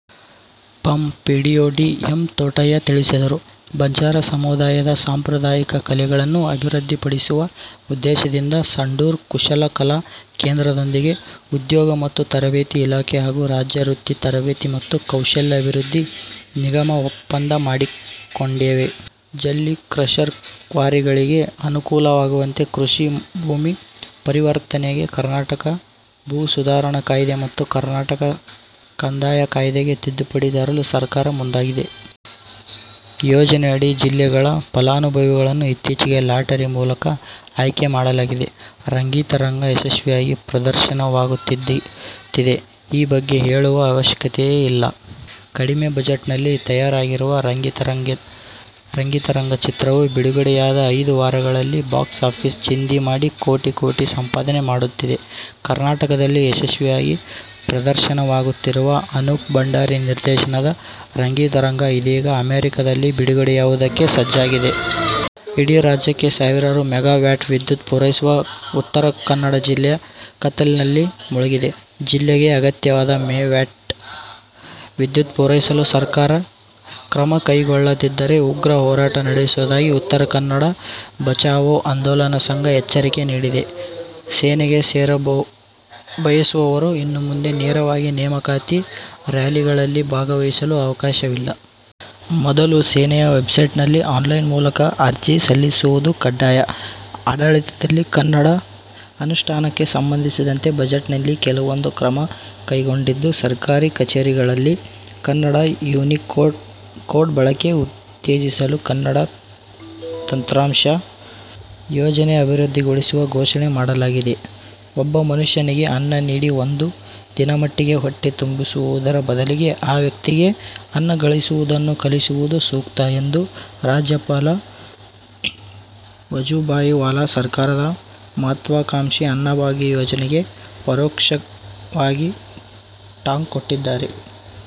ಪಂ. PDO D. M. Thotaiah ತಿಳಿಸಿದರು. ಬಂಜಾರ ಸಮುದಾಯದ ಸಾಂಪ್ರದಾಯಿಕ ಕಲೆಗಳನ್ನು ಅಭಿವೃದ್ಧಿಪಡಿಸುವ ಉದ್ದೇಶದಿಂದ ಸಂಡೂರು ಕುಶಲ ಕಲಾ ಕೇಂದ್ರದೊಂದಿಗೆ ಉದ್ಯೋಗ ಮತ್ತು ತರಬೇತಿ ಇಲಾಖೆ ಹಾಗೂ ರಾಜ್ಯ ವೃತ್ತಿ ತರಬೇತಿ ಮತ್ತು ಕೌಶಲ್ಯ ಅಭಿವೃದ್ಧಿ ನಿಗಮ ಒಪ್ಪಂದ ಮಾಡಿಕೊಂಡಿವೆ. ಜಲ್ಲಿ ಕ್ರಷರ್, ಕ್ವಾರಿಗಳಿಗೆ ಅನುಕೂಲವಾಗುವಂತೆ ಕೃಷಿ ಭೂಮಿ ಪರಿವರ್ತನೆಗೆ ಕರ್ನಾಟಕ ಭೂ ಸುಧಾರಣಾ ಕಾಯ್ದೆ ಮತ್ತು ಕರ್ನಾಟಕ ಕಂದಾಯ ಕಾಯ್ದೆಗೆ ತಿದ್ದುಪಡಿ ತರಲು ಸರ್ಕಾರ ಮುಂದಾಗಿದೆ. ಯೋಜನೆಯಡಿ ಜಿಲ್ಲೆಗಳ ಫಲಾನುಭವಿಗಳನ್ನು ಇತ್ತೀಚಿಗೆ ಲಾಟರಿ ಮೂಲಕ ಆಯ್ಕೆ ಮಾಡಲಾಗಿದೆ. ರಂಗಿತರಂಗ ಯಶಸ್ವಿಯಾಗಿ ಪ್ರದರ್ಶನವಾಗುತ್ತಿದೆ. ಈ ಬಗ್ಗೆ ಹೇಳುವ ಅವಶ್ಯಕತೆಯೇ ಇಲ್ಲ. ಕಡಿಮೆ ಬಜೆಟ್ನಲ್ಲಿ ತಯಾರಾಗಿರುವ "ರಂಗಿತರಂಗ' ಚಿತ್ರವು ಬಿಡುಗಡೆಯಾದ ಐದು ವಾರಗಳಲ್ಲಿ ಬಾಕ್ಸ್ ಆಫೀಸ್ ಚಿಂದಿ ಮಾಡಿ ಕೋಟಿ ಕೋಟಿ ಸಂಪಾದನೆ ಮಾಡುತ್ತಿದೆ. ಕರ್ನಾಟಕದಲ್ಲಿ ಯಶಸ್ವಿಯಾಗಿ ಪ್ರದರ್ಶನವಾಗುತ್ತಿರುವ ಅನೂಪ್ ಭಂಡಾರಿ ನಿರ್ದೇಶನದ "ರಂಗಿತರಂಗ' ಇದೀಗ ಅಮೇರಿಕಾದಲ್ಲಿ ಬಿಡುಗಡೆಯಾಗುವುದುಕ್ಕೆ ಸಜ್ಜಾಗುತ್ತಿದೆ. ಇಡೀ ರಾಜ್ಯಕ್ಕೆ ಸಾವಿರಾರು ಮೆಗಾವ್ಯಾಟ್ ವಿದ್ಯುತ್ ಪೂರೈಸುವ ಉತ್ತರ ಕನ್ನಡ ಜಿಲ್ಲೆ ಕತ್ತಲಿನಲ್ಲಿ ಮುಳುಗಿದೆ. ಜಿಲ್ಲೆಗೆ ಅಗತ್ಯವಾದ ಮೆ. ವ್ಯಾಟ್ ವಿದ್ಯುತ್ ಪೂರೈಸಲು ಸರ್ಕಾರ ಕ್ರಮಕೈಗೊಳ್ಳದಿದ್ದರೆ ಉಗ್ರ ಹೋರಾಟ ನಡೆಸುವುದಾಗಿ ಉತ್ತರ ಕನ್ನಡ ಬಚಾವೋ ಆಂದೋಲನ ಸಂಘ ಎಚ್ಚರಿಕೆ ನೀಡಿದೆ. ಸೇನೆಗೆ ಸೇರಬಯಸುವವರು ಇನ್ನುಮುಂದೆ ನೇರವಾಗಿ ನೇಮಕಾತಿ ರ್ಯಾಲಿಗಳಲ್ಲಿ ಭಾಗವಹಿಸಲು ಅವಕಾಶವಿಲ್ಲ. ಮೊದಲು ಸೇನೆಯ ವೆಬ್ಸೈಟ್ನಲ್ಲಿ ಆನ್ಲೈನ್ ಮೂಲಕ ಅರ್ಜಿ ಸಲ್ಲಿಸುವುದು ಕಡ್ಡಾಯ. ಆಡಳಿತದಲ್ಲಿ ಕನ್ನಡ ಅನುಷ್ಠಾನಕ್ಕೆ ಸಂಬಂಧಿಸಿದಂತೆ ಬಜೆಟ್ನಲ್ಲಿ ಕೆಲವೊಂದು ಕ್ರಮ ಕೈಗೊಂಡಿದ್ದು, ಸರ್ಕಾರಿ ಕಚೇರಿಗಳಲ್ಲಿ ಕನ್ನಡ ಯುನಿಕೋಡ್ ಬಳಕೆ ಉತ್ತೇಜಿಸಲು ಕನ್ನಡ ತಂತ್ರಾಂಶ ಯೋಜನೆ ಅಭಿವೃದ್ಧಿಗೊಳಿಸುವ ಘೋಷಣೆ ಮಾಡಲಾಗಿದೆ. "ಒಬ್ಬ ಮನುಷ್ಯನಿಗೆ ಅನ್ನ ನೀಡಿ ಒಂದು ದಿನದಮಟ್ಟಿಗೆ ಹೊಟ್ಟೆ ತುಂಬಿಸುವುದರ ಬದಲಿಗೆ ಆ ವ್ಯಕ್ತಿಗೆ ಅನ್ನ ಗಳಿಸುವುದನ್ನು ಕಲಿಸುವುದು ಸೂಕ್ತ' ಎಂದು ರಾಜ್ಯಪಾಲ ವಜುಭಾಯಿ ವಾಲಾ ಸರ್ಕಾರದ ಮಹತ್ವಾ ಕಾಂಕ್ಷಿ "ಅನ್ನಭಾಗ್ಯ' ಯೋಜನೆಗೆ ಪರೋಕ್ಷವಾಗಿ ಟಾಂಗ್ ಕೊಟ್ಟಿದ್ದಾರೆ.